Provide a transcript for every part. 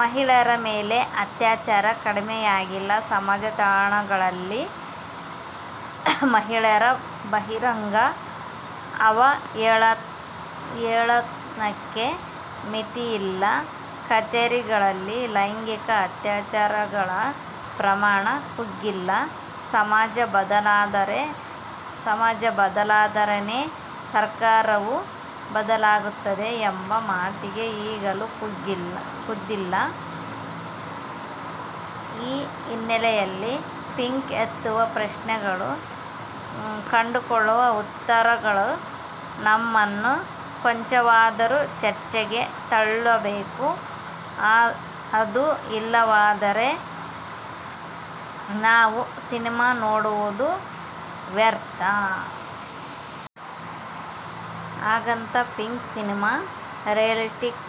ಮಹಿಳೆಯರ ಮೇಲೆ ಅತ್ಯಾಚಾರ ಕಡಿಮೆಯಾಗಿಲ್ಲ; ಸಮಾಜತಾಣಗಳಲ್ಲಿ ಮಹಿಳೆಯರ ಬಹಿರಂಗ ಅವಹೇಳನಕ್ಕೆ ಮಿತಿಯಿಲ್ಲ; ಕಚೇರಿಗಳಲ್ಲಿ ಲೈಂಗಿಕ ಅತ್ಯಾಚಾರಗಳ ಪ್ರಮಾಣ ಕುಗ್ಗಿಲ್ಲ. ಸಮಾಜ ಬದಲಾದರೇನೇ ಸರ್ಕಾರವೂ ಬದಲಾಗುತ್ತದೆ ಎಂಬ ಮಾತಿಗೆ ಈಗಲೂ ಕುಂದಿಲ್ಲ. ಈ ಹಿನ್ನೆಲೆಯಲ್ಲಿ 'ಪಿಂಕ್' ಎತ್ತುವ ಪ್ರಶ್ನೆಗಳು, ಕಂಡುಕೊಳ್ಳುವ ಉತ್ತರಗಳು ನಮ್ಮನ್ನು ಕೊಂಚವಾದರೂ ಚರ್ಚೆಗೆ ತಳ್ಳಬೇಕು; ಅದೂ ಇಲ್ಲವಾದರೆ ನಾವು ಸಿನೆಮಾ ನೋಡುವುದೂ ವ್ಯರ್ಥ. ಹಾಗಂತ ಪಿಂಕ್' ಸಿನೆಮಾ ರಿಯಲಿಸ್ಟಿಕ್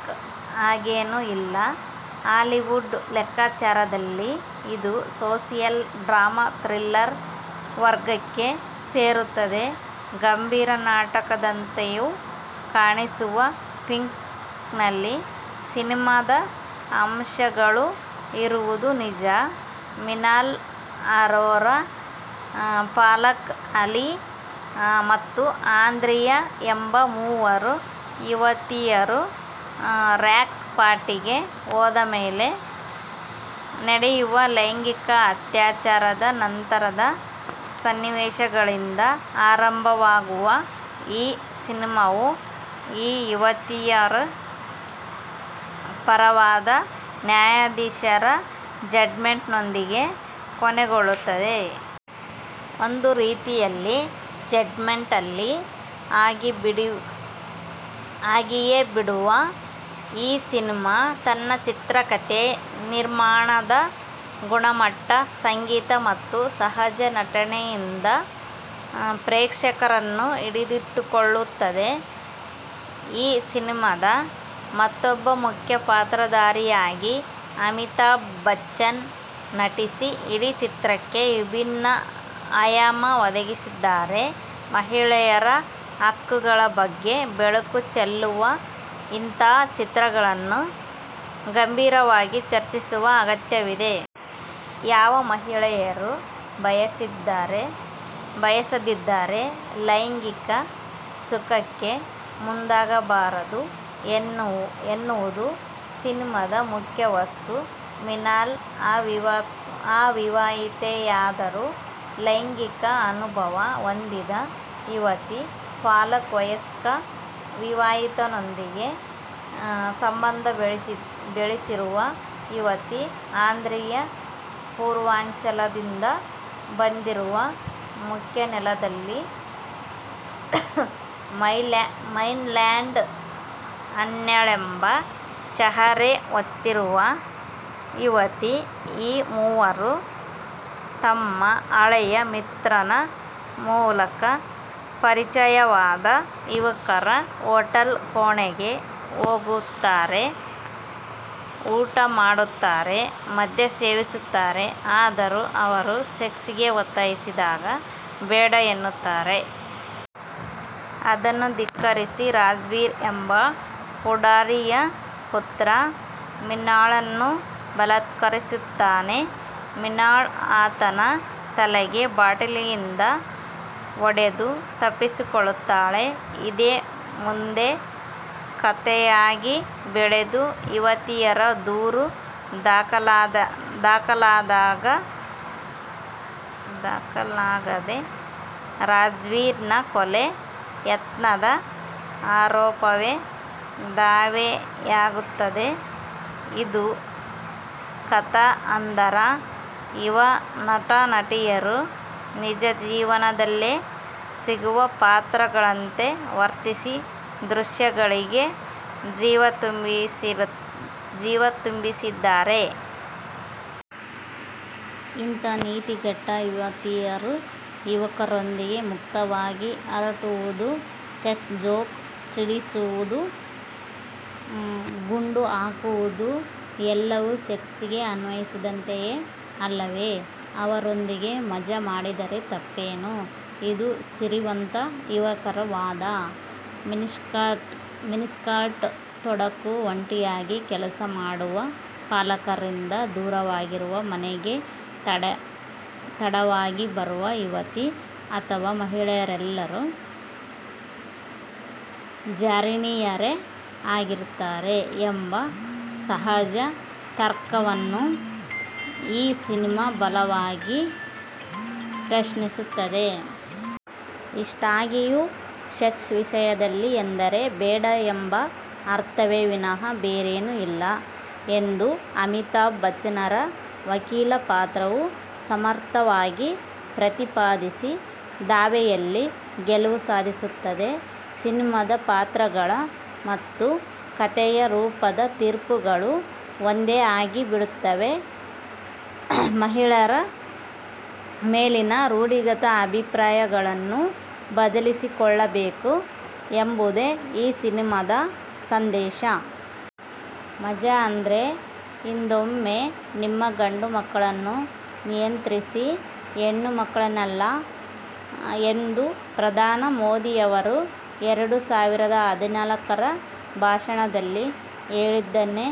ಆಗೇನೂ ಇಲ್ಲ; ಹಾಲಿವುಡ್ ಲೆಕ್ಕಾಚಾರದಲ್ಲಿ ಇದು ಸೋಶಿಯಲ್ ಡ್ರಾಮಾ ಥ್ರಿಲ್ಲರ್'ವರ್ಗಕ್ಕೆ ಸೇರುತ್ತದೆ. ಗಂಭೀರ ನಾಟಕದಂತೆಯೂ ಕಾಣಿಸುವ ಪಿಂಕ್'ನಲ್ಲಿ ಸಿನೆಮಾದ ಅಂಶಗಳೂ ಇರುವುದು ನಿಜ. ಮಿನಾಲ್ ಅರೋರಾ, ಫಲಕ್ ಆಲಿ ಮತ್ತು ಆಂದ್ರಿಯಾ ಎಂಬ ಮೂವರು ಯುವತಿಯರು ರಾಕ್ ಪಾರ್ಟಿಗೆ ಹೋದಮೇಲೆ ನಡೆಯುವ ಲೈಂಗಿಕ ಅತ್ಯಾಚಾರದ ನಂತರದ ಸನ್ನಿವೇಶಗಳಿಂದ ಆರಂಭವಾಗುವ ಈ ಸಿನೆಮಾವು ಈ ಯುವತಿಯರ ಪರವಾದ ನ್ಯಾಯಾಧೀಶರ ಜಡ್ಜ್ ಮೆಂಟ್ನೊಂದಿಗೆ ಕೊನೆಗೊಳ್ಳುತ್ತದೆ. ಒಂದು ರೀತಿಯಲ್ಲಿ ಜಡ್ಜ್ ಮೆಂಟಲ್ಲಿ ಆಗಿಯೇಬಿಡುವ ಈ ಸಿನೆಮಾ ತನ್ನ ಚಿತ್ರಕಥೆ, ನಿರ್ಮಾಣದ ಗುಣಮಟ್ಟ, ಸಂಗೀತ ಮತ್ತು ಸಹಜ ನಟನೆಯಿಂದ ಪ್ರೇಕ್ಷಕರನ್ನು ಹಿಡಿದಿಟ್ಟುಕೊಳ್ಳುತ್ತದೆ. ಈ ಸಿನೆಮಾದ ಮೊತ್ತೊಬ್ಬ ಮುಖ್ಯ ಪಾತ್ರಧಾರಿಯಾಗಿ ಅಮಿತಾಭ್ ಬಚ್ಚನ್ ನಟಿಸಿ ಇಡೀ ಚಿತ್ರಕ್ಕೆ ವಿಭಿನ್ನ ಆಯಾಮ ಒದಗಿಸಿದ್ದಾರೆ. ಮಹಿಳೆಯರ ಹಕ್ಕುಗಳ ಬಗ್ಗೆ ಬೆಳಕು ಚೆಲ್ಲುವ ಇಂಥ ಚಿತ್ರಗಳನ್ನು ಗಂಭೀರವಾಗಿ ಚರ್ಚಿಸುವ ಅಗತ್ಯವಿದೆ. ಯಾವ ಮಹಿಳೆಯೂ ಬಯಸದಿದ್ದರೆ ಲೈಂಗಿಕ ಸುಖಕ್ಕೆ ಮುಂದಾಗಬಾರದು ಎನ್ನುವುದು ಸಿನೆಮಾದ ಮುಖ್ಯ ವಸ್ತು. ಮಿನಾಲ್: ಅವಿವಾಹಿತೆಯಾದರೂ ಲೈಂಗಿಕ ಅನುಭವ ಹೊಂದಿದ ಯುವತಿ; ಫಲಕ್: ವಯಸ್ಕ ವಿವಾಹಿತನೊಂದಿಗೆ ಸಂಬಂಧ ಬೆಳೆಸಿರುವ ಯುವತಿ; ಆಂದ್ರಿಯಾ ಪೂರ್ವಾಂಚಲದಿಂದ ಬಂದಿರುವ, ಮುಖ್ಯನೆಲದಲ್ಲಿ –ಮೈನ್ಲ್ಯಾಂಡ್- ಅನ್ಯಳೆಂಬ ಚಹರೆ ಹೊತ್ತಿರುವ ಯುವತಿ. ಈ ಮೂವರೂ ತಮ್ಮ ಹಳೆಯ ಮಿತ್ರನ ಮೂಲಕ ಪರಿಚಯವಾದ ಯುವಕರ ಹೋಟೆಲ್ ಕೋಣೆಗೆ ಹೋಗುತ್ತಾರೆ; ಊಟ ಮಾಡುತ್ತಾರೆ; ಮದ್ಯ ಸೇವಿಸುತ್ತಾರೆ; ಆದರೂ ಅವರು ಸೆಕ್ಸ್ ಗೆ ಒತ್ತಾಯಿಸಿದಾಗ ಬೇಡ' ಎನ್ನುತ್ತಾರೆ. ಅದನ್ನೂ ಧಿಕ್ಕರಿಸಿ ರಾಜ್ವೀರ್ ಎಂಬ ಪುಢಾರಿಯ ಪುತ್ರ ಮಿನಾಲ್ಳನ್ನು ಬಲಾತ್ಕಾರಿಸುತ್ತಾನೆ; ಮಿನಾಲ್ ಆತನ ತಲೆಗೆ ಬಾಟಲಿಯಿಂದ ಹೊಡೆದು ತಪ್ಪಿಸಿಕೊಳ್ಳುತ್ತಾಳೆ. ಇದೇ ಮುಂದೆ ಕಥೆಯಾಗಿ ಬೆಳೆದು ಯುವತಿಯರ ದೂರು ದಾಖಲಾಗದೆ ರಾಜ್ವೀರ್ ನ ಕೊಲೆ ಯತ್ನದ ಆರೋಪವೇ ದಾವೆಯಾಗುತ್ತದೆ. ಇದು ಕಥಾ ಹಂದರ. ಯುವ ನಟ-ನಟಿಯರು ನಿಜಜೀವನದಲ್ಲೇ ಸಿಗುವ ಪಾತ್ರಗಳಂತೆ ವರ್ತಿಸಿ ದೃಶ್ಯಗಳಿಗೆ ಜೀವ ತುಂಬಿಸಿದ್ದಾರೆ. ಇಂಥ ನೀತಿಗೆಟ್ಟ' ಯುವತಿಯರು ಯುವಕರೊಂದಿಗೆ ಮುಕ್ತವಾಗಿ ಹರಟುವುದು, ಸೆಕ್ಸ್ ಜೋಕ್ ಸಿಡಿಸುವುದು, ಗುಂಡು ಹಾಕುವುದು- ಎಲ್ಲವೂ ಸೆಕ್ಸ್ ಗೆ ಆಹ್ವಾನಿಸಿದಂತೆಯೇ ಅಲ್ಲವೆ? ಅವರೊಂದಿಗೆ ಮಜಾ ಮಾಡಿದರೆ ತಪ್ಪೇನು? '– ಇದು ಸಿರಿವಂತ ಯುವಕರ ವಾದ. ಮಿನಿಸ್ಕರ್ಟ್ ತೊಡುವ, ಒಂಟಿಯಾಗಿ ಕೆಲಸ ಮಾಡುವ, ಪಾಲಕರಿಂದ ದೂರವಾಗಿರುವ, ಮನೆಗೆ ತಡವಾಗಿ ಬರುವ ಯುವತಿ ಅಥವ ಮಹಿಳೆಯರೆಲ್ಲರೂ ಜಾರಿಣಿಯರೇ ಆಗಿರುತ್ತಾರೆ ಎಂಬ ಸಹಜ ತರ್ಕವನ್ನು ಈ ಸಿನೆಮಾ ಬಲವಾಗಿ ಪ್ರಶ್ನಿಸುತ್ತದೆ. ಇಷ್ಟಾಗಿಯೂ, ಸೆಕ್ಸ್ ವಿಷಯದಲ್ಲಿ ಎಂದರೆ ಬೇಡ ಎಂಬ ಅರ್ಥವೇ ವಿನಃ ಬೇರೇನೂ ಇಲ್ಲ ಎಂದು ಅಮಿತಾಭ್ ಬಚ್ಚನ್ರ ವಕೀಲ ಪಾತ್ರವು ಸಮರ್ಥವಾಗಿ ಪ್ರತಿಪಾದಿಸಿ ದಾವೆಯಲ್ಲಿ ಗೆಲುವು ಸಾಧಿಸುತ್ತದೆ. ಸಿನೆಮಾದ ಪಾತ್ರಗಳ ಮತ್ತು ಕಥೆಯ ರೂಪದ ತೀರ್ಪುಗಳು ಒಂದೇ ಆಗಿಬಿಡುತ್ತವೆ. ಮಹಿಳೆಯರ ಮೇಲಿನ ರೂಢಿಗತ ಅಭಿಪ್ರಾಯಗಳನ್ನು ಬದಲಿಸಿಕೊಳ್ಳಬೇಕು ಎಂಬುದೇ ಈ ಸಿನೆಮಾದ ಸಂದೇಶ. ಮಜಾ ಅಂದ್ರೆ ಹಿಂದೊಮ್ಮೆ ನಿಮ್ಮ ಗಂಡು ಮಕ್ಕಳನ್ನು ನಿಯಂತ್ರಿಸಿ, ಹೆಣ್ಣು ಮಕ್ಕಳನ್ನಲ್ಲ' ಎಂದು ಪ್ರಧಾನಿ ಮೋದಿಯವರು ಎರಡು ಸಾವಿರದ ಹದಿನಾಲ್ಕರ ಭಾಷಣದಲ್ಲಿ ಹೇಳಿದ್ದನ್ನೇ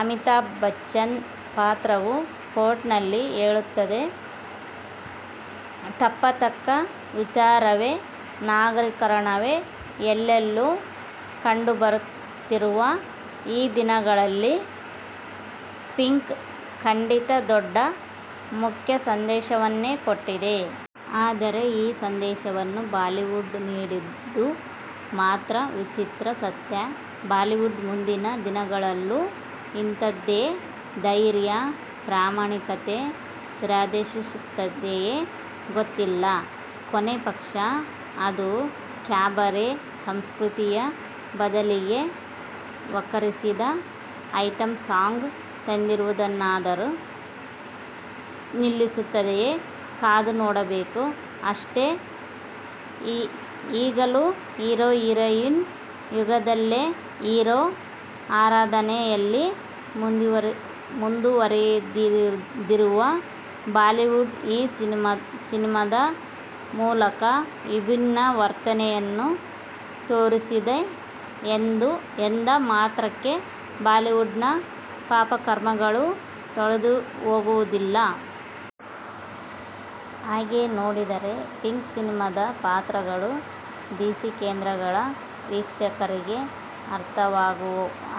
ಅಮಿತಾಭ್ ಬಚ್ಚನ್ ಪಾತ್ರವೂ ಕೋರ್ಟಿನಲ್ಲಿ ಹೇಳುತ್ತದೆ. ಒಪ್ಪತಕ್ಕ ವಿಚಾರವೇ. ನಗರೀಕರಣವೇ ಎಲ್ಲೆಲ್ಲೂ ಕಂಡುಬರುತ್ತಿರುವ ಈ ದಿನಗಳಲ್ಲಿ ಪಿಂಕ್' ಖಂಡಿತ ದೊಡ್ಡ, ಮುಖ್ಯ ಸಂದೇಶವನ್ನೇ ಕೊಟ್ಟಿದೆ. ಆದರೆ ಈ ಸಂದೇಶವನ್ನು ಬಾಲಿವುಡ್ ನೀಡಿದ್ದು ಮಾತ್ರ ವಿಚಿತ್ರ ಸತ್ಯ. ಬಾಲಿವುಡ್ ಮುಂದಿನ ದಿನಗಳಲ್ಲೂ ಇಂಥದ್ದೇ ಧೈರ್ಯ, ಪ್ರಾಮಾಣಿಕತೆ ಪ್ರದರ್ಶಿಸುತ್ತದೆಯೆ? ಗೊತ್ತಿಲ್ಲ. ಕೊನೇ ಪಕ್ಷ ಅದು ಕ್ಯಾಬರೆ ಸಂಸ್ಕೃತಿಯ ಬದಲಿಗೆ ವಕ್ಕರಿಸಿದ ಐಟಂ ಸಾಂಗ್ ತಂದಿರುವುದನ್ನಾದರೂ ನಿಲ್ಲಿಸುತ್ತದೆಯೆ? ಕಾದು ನೋಡಬೇಕು, ಅಷ್ಟೆ. ಈಗಲೂ ಹೀರೋ-ಹೀರೋಯಿನ್ ಯುಗದಲ್ಲೇ ಹೀರೋ ಆರಾಧನೆ'ಯಲ್ಲಿ ಮುಂದುವರಿದಿರುವ ಬಾಲಿವುಡ್ ಈ ಸಿನೆಮಾದ ಮೂಲಕ ವಿಭಿನ್ನ ವರ್ತನೆಯನ್ನು ತೋರಿಸಿದೆ ಎಂದ ಮಾತ್ರಕ್ಕೆ ಬಾಲಿವುಡ್ನ ಪಾಪಕರ್ಮಗಳು ತೊಳೆದುಹೋಗುವುದಿಲ್ಲ. ಹಾಗೆ ನೋಡಿದರೆ ಪಿಂಕ್' ಸಿನೆಮಾದ ಪಾತ್ರಗಳು ಬಿ-ಸಿ ಕೇಂದ್ರಗಳ ವೀಕ್ಷಕರಿಗೆ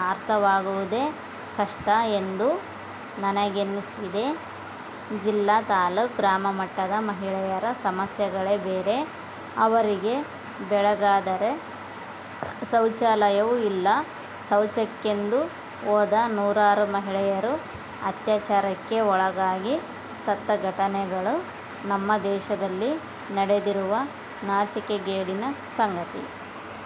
ಅರ್ಥವಾಗುವುದೇ ಕಷ್ಟ ಎಂದು ನನಗನ್ನಿಸಿದೆ. ಜಿಲ್ಲಾ-ತಾಲೂಕು-ಗ್ರಾಮಮಟ್ಟದ ಮಹಿಳೆಯರ ಸಮಸ್ಯೆಗಳೇ ಬೇರೆ. ಅವರಿಗೆ ಬೆಳಗಾದರೆ ಶೌಚಾಲಯವೂ ಇಲ್ಲ. ಶೌಚಕ್ಕೆಂದು ಹೋದ ನೂರಾರು ಮಹಿಳೆಯರು ಅತ್ಯಾಚಾರಕ್ಕೆ ಒಳಗಾಗಿ ಸತ್ತ ಘಟನೆಗಳು ನಮ್ಮ ದೇಶದಲ್ಲಿ ನಡೆದಿರುವುದು ನಾಚಿಕೆಗೇಡಿನ ಸಂಗತಿ.